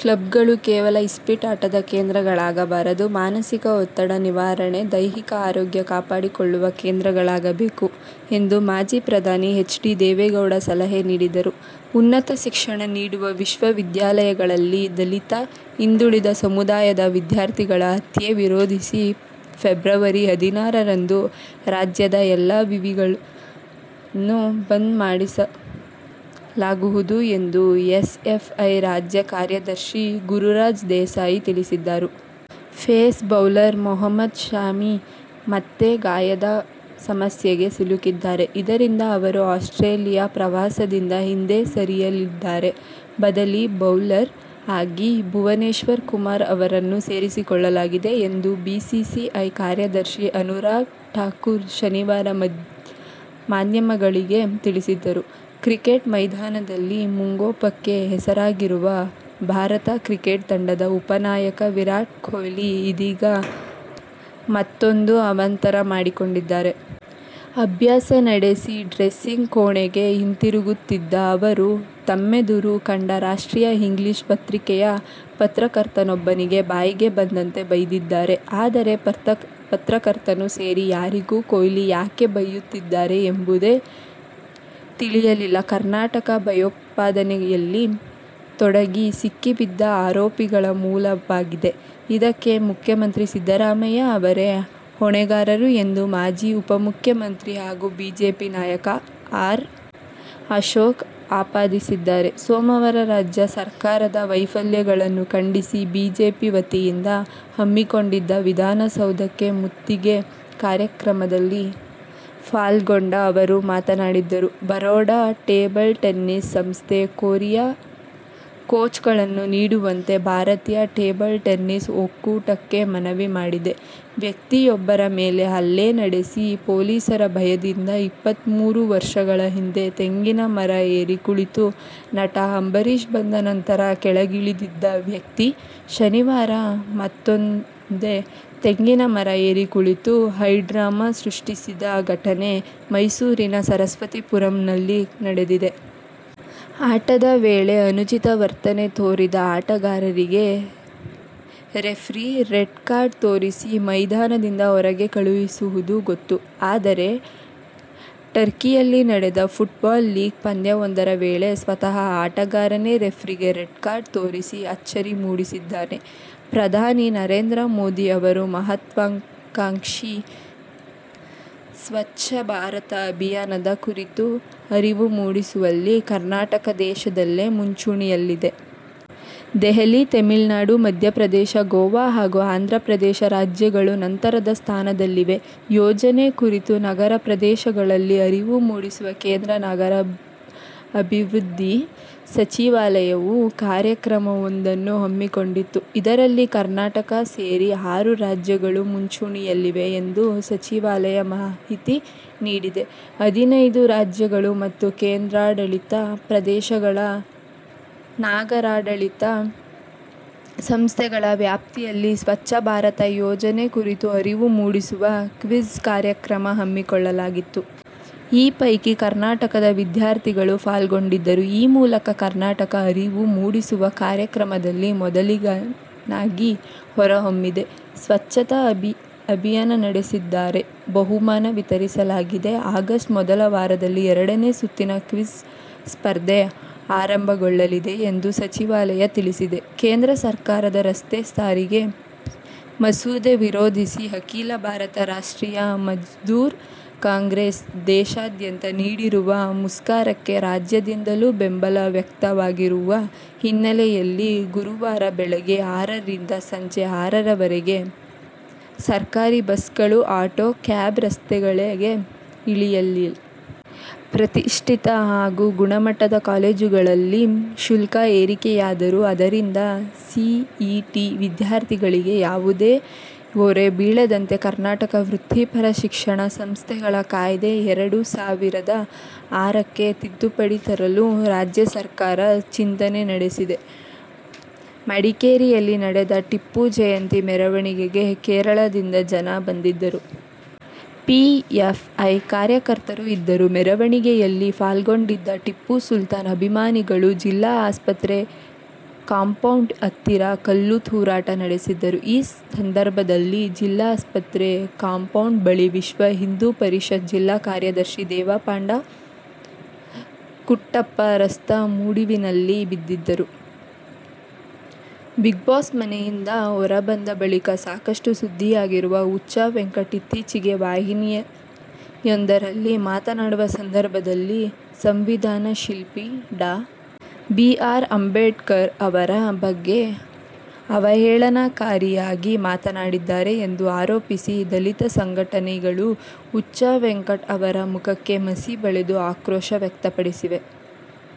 ಕ್ಲಬ್ಗಳು ಕೇವಲ ಇಸ್ಪೀಟ್ ಆಟದ ಕೇಂದ್ರಗಳಾಗಬಾರದು. ಮಾನಸಿಕ ಒತ್ತಡ ನಿವಾರಣೆ, ದೈಹಿಕ ಆರೋಗ್ಯ ಕಾಪಾಡಿಕೊಳ್ಳುವ ಕೇಂದ್ರಗಳಾಗಬೇಕು ಎಂದು ಮಾಜಿ ಪ್ರಧಾನಿ ಎಚ್. ಡಿ. ದೇವೇಗೌಡ ಸಲಹೆ ನೀಡಿದರು. ಉನ್ನತ ಶಿಕ್ಷಣ ನೀಡುವ ವಿಶ್ವ ವಿದ್ಯಾಲಯಗಳಲ್ಲಿ ದಲಿತ, ಹಿಂದುಳಿದ ಸಮುದಾಯದ ವಿದ್ಯಾರ್ಥಿಗಳ ಹತ್ಯೆ ವಿರೋಧಿಸಿ ಫೆಬ್ರವರಿ ಹದಿನಾರರಂದು ರಾಜ್ಯದ ಎಲ್ಲಾ ವಿವಿಗಳನ್ನು ಬಂದ್ ಮಾಡಿಸಲಾಗುವುದು ಎಂದು ಎಸ್ಎಫ್ಐ ರಾಜ್ಯ ಕಾರ್ಯದರ್ಶಿ ಗುರುರಾಜ್ ದೇಸಾಯಿ ತಿಳಿಸಿದರು. ಪೇಸ್ ಬೌಲರ್ ಮೊಹಮ್ಮದ್ ಶಮಿ ಮತ್ತೆ ಗಾಯದ ಸಮಸ್ಯೆಗೆ ಸಿಲುಕಿದ್ದಾರೆ. ಇದರಿಂದ ಅವರು ಆಸ್ಟ್ರೇಲಿಯ ಪ್ರವಾಸದಿಂದ ಹಿಂದೆ ಸರಿಯಲಿದ್ದಾರೆ. ಬದಲಿ ಬೌಲರ್ ಆಗಿ ಭುವನೇಶ್ವರ್ ಕುಮಾರ್ ಅವರನ್ನು ಸೇರಿಸಿಕೊಳ್ಳಲಾಗಿದೆ ಎಂದು ಬಿಸಿಸಿಐ ಕಾರ್ಯದರ್ಶಿ ಅನುರಾಗ್ ಠಾಕೂರ್ ಶನಿವಾರ ಮಾಧ್ಯಮಗಳಿಗೆ ತಿಳಿಸಿದರು. ಕ್ರಿಕೆಟ್ ಮೈದಾನದಲ್ಲಿ ಮುಂಗೋಪಕ್ಕೆ ಹೆಸರಾಗಿರುವ ಭಾರತ ಕ್ರಿಕೆಟ್ ತಂಡದ ಉಪ ನಾಯಕ ವಿರಾಟ್ ಕೊಹ್ಲಿ ಇದೀಗ ಮತ್ತೂಂದು ಅವಾಂತರ ಮಾಡಿಕೊಂಡಿದ್ದಾರೆ. ಅಭ್ಯಾಸ ನಡೆಸಿ ಡ್ರೆಸ್ಸಿಂಗ್ ಕೋಣೆಗೆ ಹಿಂತಿರುಗುತ್ತಿದ್ದ ಅವರು, ತಮ್ಮೆದುರು ಕಂಡ ರಾಷ್ಟ್ರೀಯ ಇಂಗ್ಲಿಷ್ ಪತ್ರಿಕೆಯ ಪತ್ರಕರ್ತನೊಬ್ಬನಿಗೆ ಬಾಯಿಗೆ ಬಂದಂತೆ ಬೈದಿದ್ದಾರೆ. ಆದರೆ ಪತ್ರಕರ್ತನೂ ಸೇರಿ ಯಾರಿಗೂ ಕೊಹ್ಲಿ ಯಾಕೆ ಬೈಯುತ್ತಿದ್ದಾರೆ ಎಂಬುದೇ ತಿಳಿಯಲಿಲ್ಲ ಕರ್ನಾಟಕ ಭಯೋತ್ಪಾದನೆಯಲ್ಲಿ ತೊಡಗಿ ಸಿಕ್ಕಿಬಿದ್ದ ಆರೋಪಿಗಳ ಮೂಲವಾಗಿದೆ. ಇದಕ್ಕೆ ಮುಖ್ಯಮಂತ್ರಿ ಸಿದ್ದರಾಮಯ್ಯ ಅವರೇ ಹೊಣೆಗಾರರು ಎಂದು ಮಾಜಿ ಉಪಮುಖ್ಯಮಂತ್ರಿ ಹಾಗೂ ಬಿಜೆಪಿ ನಾಯಕ ಆರ್. ಅಶೋಕ್ ಆಪಾದಿಸಿದ್ದಾರೆ. ಸೋಮವಾರ ರಾಜ್ಯ ಸರ್ಕಾರದ ವೈಫಲ್ಯಗಳನ್ನು ಖಂಡಿಸಿ ಬಿಜೆಪಿ ವತಿಯಿಂದ ಹಮ್ಮಿಕೊಂಡಿದ್ದ ವಿಧಾನಸೌಧಕ್ಕೆ ಮುತ್ತಿಗೆ ಕಾರ್ಯಕ್ರಮದಲ್ಲಿ ಪಾಲ್ಗೊಂಡು ಅವರು ಮಾತನಾಡಿದರು. ಬರೋಡ ಟೇಬಲ್ ಟೆನ್ನಿಸ್ ಸಂಸ್ಥೆ ಕೊರಿಯಾ ಕೋಚ್ಗಳನ್ನು ನೀಡುವಂತೆ ಭಾರತೀಯ ಟೇಬಲ್ ಟೆನ್ನಿಸ್ ಒಕ್ಕೂಟಕ್ಕೆ ಮನವಿ ಮಾಡಿದೆ. ವ್ಯಕ್ತಿಯೊಬ್ಬರ ಮೇಲೆ ಹಲ್ಲೆ ನಡೆಸಿ ಪೊಲೀಸರ ಭಯದಿಂದ ಇಪ್ಪತ್ಮೂರು ವರ್ಷಗಳ ಹಿಂದೆ ತೆಂಗಿನ ಮರ ಏರಿ ಕುಳಿತು ನಟ ಅಂಬರೀಶ್ ಬಂದ ನಂತರ ಕೆಳಗಿಳಿದಿದ್ದ ವ್ಯಕ್ತಿ, ಶನಿವಾರ ಮತ್ತದೇ ತೆಂಗಿನ ಮರ ಏರಿ ಕುಳಿತು ಹೈಡ್ರಾಮಾ ಸೃಷ್ಟಿಸಿದ ಘಟನೆ ಮೈಸೂರಿನ ಸರಸ್ವತಿಪುರಂನಲ್ಲಿ ನಡೆದಿದೆ. ಆಟದ ವೇಳೆ ಅನುಚಿತ ವರ್ತನೆ ತೋರಿದ ಆಟಗಾರರಿಗೆ ರೆಫ್ರಿ ರೆಡ್ಕಾರ್ಡ್ ತೋರಿಸಿ, ಮೈದಾನದಿಂದ ಹೊರಗೆ ಕಳುಹಿಸುವುದು ಗೊತ್ತು. ಅದರೆ ಟರ್ಕಿಯಲ್ಲಿ ನಡೆದ ಫುಟ್ಬಾಲ್ ಲೀಗ್ ಪಂದ್ಯವೊಂದರ ವೇಳೆ ಸ್ವತಃ ಆಟಗಾರನೇ ರೆಫ್ರಿಗೆ ರೆಡ್ಕಾರ್ಡ್ ತೋರಿಸಿ ಅಚ್ಚರಿ ಮೂಡಿಸಿದ್ದಾನೆ. ಪ್ರಧಾನಿ ನರೇಂದ್ರ ಮೋದಿ ಅವರ ಮಹತ್ವಾಕಾಂಕ್ಷಿ ಸ್ವತ್ಛ ಭಾರತ ಅಭಿಯಾನದ ಕುರಿತು ಅರಿವು ಮೂಡಿಸುವಲ್ಲಿ ಕರ್ನಾಟಕ ದೇಶದಲ್ಲೇ ಮುಂಚೂಣಿಯಲ್ಲಿದೆ. ದೆಹಲಿ, ತಮಿಳುನಾಡು, ಮಧ್ಯಪ್ರದೇಶ, ಗೋವಾ ಹಾಗೂ ಆಂಧ್ರಪ್ರದೇಶ ರಾಜ್ಯಗಳು ನಂತರದ ಸ್ಥಾನದಲ್ಲಿವೆ. ಯೋಜನೆ ಕುರಿತು ನಗರ ಪ್ರದೇಶಗಳಲ್ಲಿ ಅರಿವು ಮೂಡಿಸುವ ಕೇಂದ್ರ ನಗರಾಭಿವೃದ್ಧಿ ಸಚಿವಾಲಯವು ಕಾರ್ಯಕ್ರಮವೊಂದನ್ನು ಹಮ್ಮಿಕೊಂಡಿತ್ತು. ಇದರಲ್ಲಿ ಕರ್ನಾಟಕ ಸೇರಿ ಆರು ರಾಜ್ಯಗಳು ಮುಂಚೂಣಿಯಲ್ಲಿವೆ ಎಂದು ಸಚಿವಾಲಯ ಮಾಹಿತಿ ನೀಡಿದೆ. ಹದಿನೈದು ರಾಜ್ಯಗಳು ಮತ್ತು ಕೇಂದ್ರಾಡಳಿತ ಪ್ರದೇಶಗಳ ನಗರಾಡಳಿತ ಸಂಸ್ಥೆಗಳ ವ್ಯಾಪ್ತಿಯಲ್ಲಿ ಸ್ವತ್ಛ ಭಾರತ ಯೋಜನೆ ಕುರಿತು ಅರಿವು ಮೂಡಿಸುವ ಕ್ವಿಜ್ ಕಾರ್ಯಕ್ರಮ ಹಮ್ಮಿಕೊಳ್ಳಲಾಗಿತ್ತು. ಈ ಪೈಕಿ ಕರ್ನಾಟಕದ ವಿದ್ಯಾರ್ಥಿಗಳು ಪಾಲ್ಗೊಂಡಿದ್ದರು. ಈ ಮೂಲಕ ಕರ್ನಾಟಕ ಅರಿವು ಮೂಡಿಸುವ ಕಾರ್ಯಕ್ರಮದಲ್ಲಿ ಮೊದಲಿಗನಾಗಿ ಹೊರಹೊಮ್ಮಿದೆ. ಸ್ವಚ್ಛತಾ ಅಭಿಯಾನ ನಡೆಸಿದ್ದಾರೆ. ಬಹುಮಾನ ವಿತರಿಸಲಾಗಿದೆ. ಆಗಸ್ಟ್ ಮೊದಲ ವಾರದಲ್ಲಿ ಎರಡನೇ ಸುತ್ತಿನ ಕ್ವಿಜ್ ಸ್ಪರ್ಧೆ ಆರಂಭಗೊಳ್ಳಲಿದೆ ಎಂದು ಸಚಿವಾಲಯ ತಿಳಿಸಿದೆ. ಕೇಂದ್ರ ಸರ್ಕಾರದ ರಸ್ತೆ ಸಾರಿಗೆ ಮಸೂದೆ ವಿರೋಧಿಸಿ ಅಖಿಲ ಭಾರತ ರಾಷ್ಟ್ರೀಯ ಮಜ್ದೂರ್ ಕಾಂಗ್ರೆಸ್ ದೇಶಾದ್ಯಂತ ನೀಡಿರುವ ಮುಷ್ಕರಕ್ಕೆ ರಾಜ್ಯದಿಂದಲೂ ಬೆಂಬಲ ವ್ಯಕ್ತವಾಗಿರುವ ಹಿನ್ನೆಲೆಯಲ್ಲಿ ಗುರುವಾರ ಬೆಳಗ್ಗೆ ಆರರಿಂದ ಸಂಜೆ ಆರರವರೆಗೆ ಸರ್ಕಾರಿ ಬಸ್ ಗಳು, ಆಟೋ, ಕ್ಯಾಬ್ ರಸ್ತೆಗೆ ಇಳಿಯಲ್ಲ. ಪ್ರತಿಷ್ಠಿತ ಹಾಗೂ ಗುಣಮಟ್ಟದ ಕಾಲೇಜುಗಳಲ್ಲಿ ಶುಲ್ಕ ಏರಿಕೆಯಾದರೂ ಅದರಿಂದ ಸಿಇಟಿ ವಿದ್ಯಾರ್ಥಿಗಳಿಗೆ ಯಾವುದೇ ಹೊರೆ ಬೀಳದಂತೆ ಕರ್ನಾಟಕ ವೃತ್ತಿಪರ ಶಿಕ್ಷಣ ಸಂಸ್ಥೆಗಳ ಕಾಯ್ದೆ ಎರಡು ಸಾವಿರದ ಆರಕ್ಕೆ ತಿದ್ದುಪಡಿ ತರಲು ರಾಜ್ಯ ಸರ್ಕಾರ ಚಿಂತನೆ ನಡೆಸಿದೆ. ಮಡಿಕೇರಿಯಲ್ಲಿ ನಡೆದ ಟಿಪ್ಪು ಜಯಂತಿ ಮೆರವಣಿಗೆಗೆ ಕೇರಳದಿಂದ ಜನ ಬಂದಿದ್ದರು. ಪಿಎಫ್ಐ ಕಾರ್ಯಕರ್ತರೂ ಇದ್ದರು. ಮೆರವಣಿಗೆಯಲ್ಲಿ ಪಾಲ್ಗೊಂಡಿದ್ದ ಟಿಪ್ಪು ಸುಲ್ತಾನ್ ಅಭಿಮಾನಿಗಳು ಜಿಲ್ಲಾ ಆಸ್ಪತ್ರೆ ಕಾಂಪೌಂಡ್ ಹತ್ತಿರ ಕಲ್ಲು ತೂರಾಟ ನಡೆಸಿದ್ದರು. ಈ ಸಂದರ್ಭದಲ್ಲಿ ಜಿಲ್ಲಾಸ್ಪತ್ರೆ ಕಾಂಪೌಂಡ್ ಬಳಿ ವಿಶ್ವ ಹಿಂದೂ ಪರಿಷತ್ ಜಿಲ್ಲಾ ಕಾರ್ಯದರ್ಶಿ ದೇವಪಂಡ ಕುಟ್ಟಪ್ಪ ರಕ್ತ ಮಡುವಿನಲ್ಲಿ ಬಿದ್ದಿದ್ದರು'. ಬಿಗ್ಬಾಸ್ ಮನೆಯಿಂದ ಹೊರಬಂದ ಬಳಿಕ ಸಾಕಷ್ಟು ಸುದ್ದಿಯಾಗಿರುವ ಹುಚ್ಚವೆಂಕಟ್, ಇತ್ತೀಚೆಗೆ ವಾಹಿನಿಯೊಂದರಲ್ಲಿ ಮಾತನಾಡುವ ಸಂದರ್ಭದಲ್ಲಿ ಸಂವಿಧಾನ ಶಿಲ್ಪಿ ಡಾ. ಬಿ. ಆರ್. ಅಂಬೇಡ್ಕರ್ ಅವರ ಬಗ್ಗೆ ಅವಹೇಳನಕಾರಿಯಾಗಿ ಮಾತನಾಡಿದ್ದಾರೆ ಎಂದು ಆರೋಪಿಸಿ, ದಲಿತ ಸಂಘಟನೆಗಳು ಹುಚ್ಚವೆಂಕಟ್ ಅವರ ಮುಖಕ್ಕೆ ಮಸಿಬಳಿದು ಆಕ್ರೋಶ ವ್ಯಕ್ತಪಡಿಸಿವೆ.